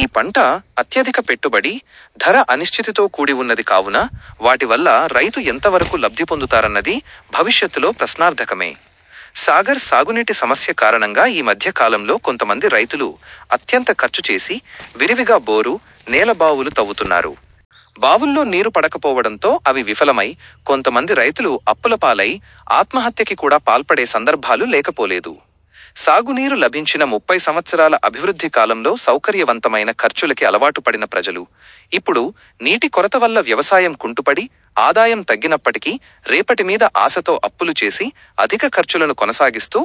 ఈ పంట అత్యధిక పెట్టుబడి, ధర అనిశ్చితితో కూడివున్నది కావున, వాటి వల్ల రైతు ఎంత వరకు లబ్ధిపొందుతారన్నది భవిష్యత్తులో ప్రశ్నార్థకమే. సాగర్ సాగునీటి సమస్య కారణంగా ఈ మధ్య కాలంలో కొంతమంది రైతులు అత్యంత ఖర్చు చేసి విరివిగా బోరు, నేల బావులు త్రవ్వుతున్నారు. బావుల్లో నీరు పడకపోవడంతో, అవి విఫలమై, కొంతమంది రైతులు అప్పులపాలై ఆత్మహత్యకి కూడా పాల్పడే సందర్భాలు లేకపోలేదు. సాగునీరు లభించిన ముప్పై సంవత్సరాల అభివృద్ధి కాలంలో సౌకర్యవంతమైన ఖర్చులకి అలవాటుపడిన ప్రజలు, ఇప్పుడు నీటి కొరతవల్ల వ్యవసాయం కుంటుపడి, ఆదాయం తగ్గినప్పటికీ, రేపటి మీద ఆశతో అప్పులు చేసి అధిక ఖర్చులను కొనసాగిస్తూ,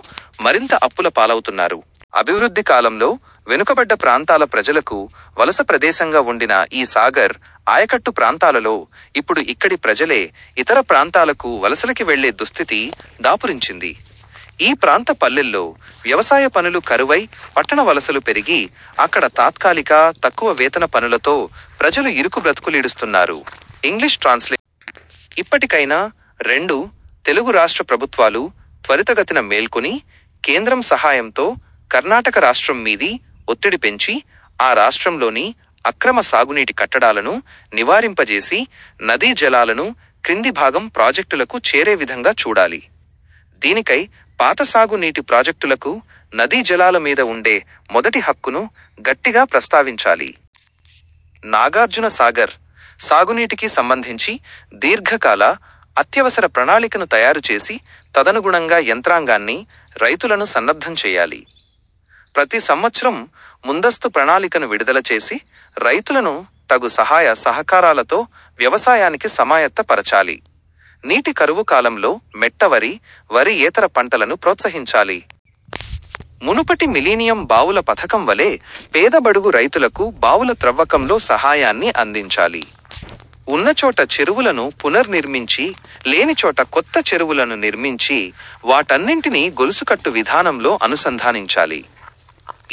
మరింత అప్పుల పాలవుతున్నారు. అభివృద్ధి కాలంలో, వెనుకబడ్డ ప్రాంతాల ప్రజలకు వలస ప్రదేశంగా వుండిన ఈ సాగర్ ఆయకట్టు ప్రాంతాలలో, ఇప్పుడు ఇక్కడి ప్రజలే ఇతర ప్రాంతాలకు వలసలకి వెళ్ళే దుస్థితి దాపురించింది. ఈ ప్రాంత పల్లెల్లో వ్యవసాయ పనులు కరువై పట్టణ వలసలు పెరిగి అక్కడ తాత్కాలిక, తక్కువ వేతన పనులతో ప్రజలు ఇరుకు బ్రతుకులీడుస్తున్నారు. ఇప్పటికైనా, రెండు తెలుగు రాష్ట్ర ప్రభుత్వాలు త్వరితగతిన మేల్కొని, కేంద్రం సహాయంతో కర్ణాటక రాష్ట్రం మీది ఒత్తిడి పెంచి, ఆ రాష్ట్రంలోని అక్రమ సాగునీటి కట్టడాలను నివారింపజేసి నదీ జలాలను క్రింది భాగం ప్రాజెక్టులకు చేరే విధంగా చూడాలి. దీనికై పాత సాగు నీటి ప్రాజెక్టులకు నదీ జలాల మీద ఉండే మొదటి హక్కును గట్టిగా ప్రస్తావించాలి. నాగార్జున సాగర్ సాగునీటికీ సంబంధించి దీర్ఘ కాల, అత్యవసర ప్రణాళికను తయారుచేసి తదనుగుణంగా యంత్రాంగాన్ని, రైతులను సన్నద్ధం చేయాలి. ప్రతి సంవత్సరం ముందస్తు ప్రణాళికను విడుదలచేసి రైతులను తగుసహాయ సహకారాలతో వ్యవసాయానికి సమాయత్త పరచాలి. నీటి కరువు కాలంలో మెట్ట వరి, వరి యేతర పంటలను ప్రోత్సహించాలి. మునుపటి మిలీనియం బావుల పథకం వలె పేద బడుగు రైతులకు బావుల త్రవ్వకంలో సహాయాన్ని అందించాలి. ఉన్నచోట చెరువులను పునర్ నిర్మించి లేనిచోట కొత్త చెరువులను నిర్మించి వాటన్నింటిని గొలుసుకట్టు విధానంలో అనుసంధానించాలి.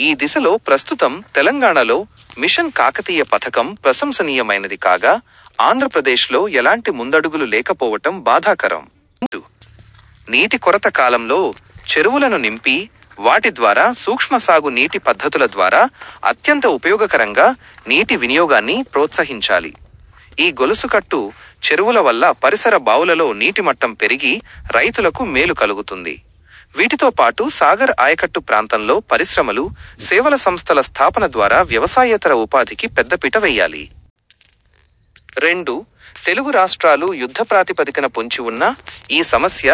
ఈ దిశలో ప్రస్తుతం తెలంగాణలో మిషన్ కాకతీయ పథకం ప్రశంసనీయమైనది కాగా, ఆంధ్ర ప్రదేశ్లో ఎలాంటి ముందడుగులు లేకపోవటం బాధాకరం. నీటి కొరత కాలంలో చెరువులను నింపి వాటి ద్వారా సూక్ష్మ సాగు నీటి పద్ధతుల ద్వారా అత్యంత ఉపయోగకరంగా నీటి వినియోగాన్ని ప్రోత్సహించాలి. ఈ గొలుసుకట్టు చెరువులవల్ల పరిసర బావులలో నీటిమట్టం పెరిగి రైతులకు మేలు కలుగుతుంది. వీటితో పాటు సాగర్ ఆయకట్టు ప్రాంతంలో పరిశ్రమలు సేవలసంస్థల స్థాపనద్వారా వ్యవసాయేతర ఉపాధికి పెద్దపీట వెయ్యాలి. రెండు తెలుగు రాష్ట్రాలు యుద్ధప్రాతిపదికన పొంచివున్న ఈ సమస్య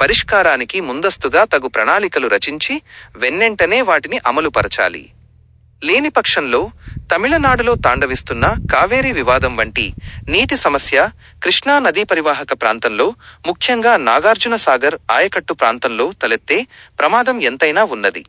పరిష్కారానికి ముందస్తుగా తగు ప్రణాళికలు రచించి వెన్వెంటనే వాటిని అమలు పరచాలి. లేనిపక్షంలో తమిళనాడులో తాండవిస్తున్న కావేరీ వివాదం వంటి నీటి సమస్య కృష్ణా నదీపరివాహక ప్రాంతంలో ముఖ్యంగా నాగార్జున సాగర్ ఆయకట్టు ప్రాంతంలో తలెత్తే ప్రమాదం ఎంతైనా వున్నది.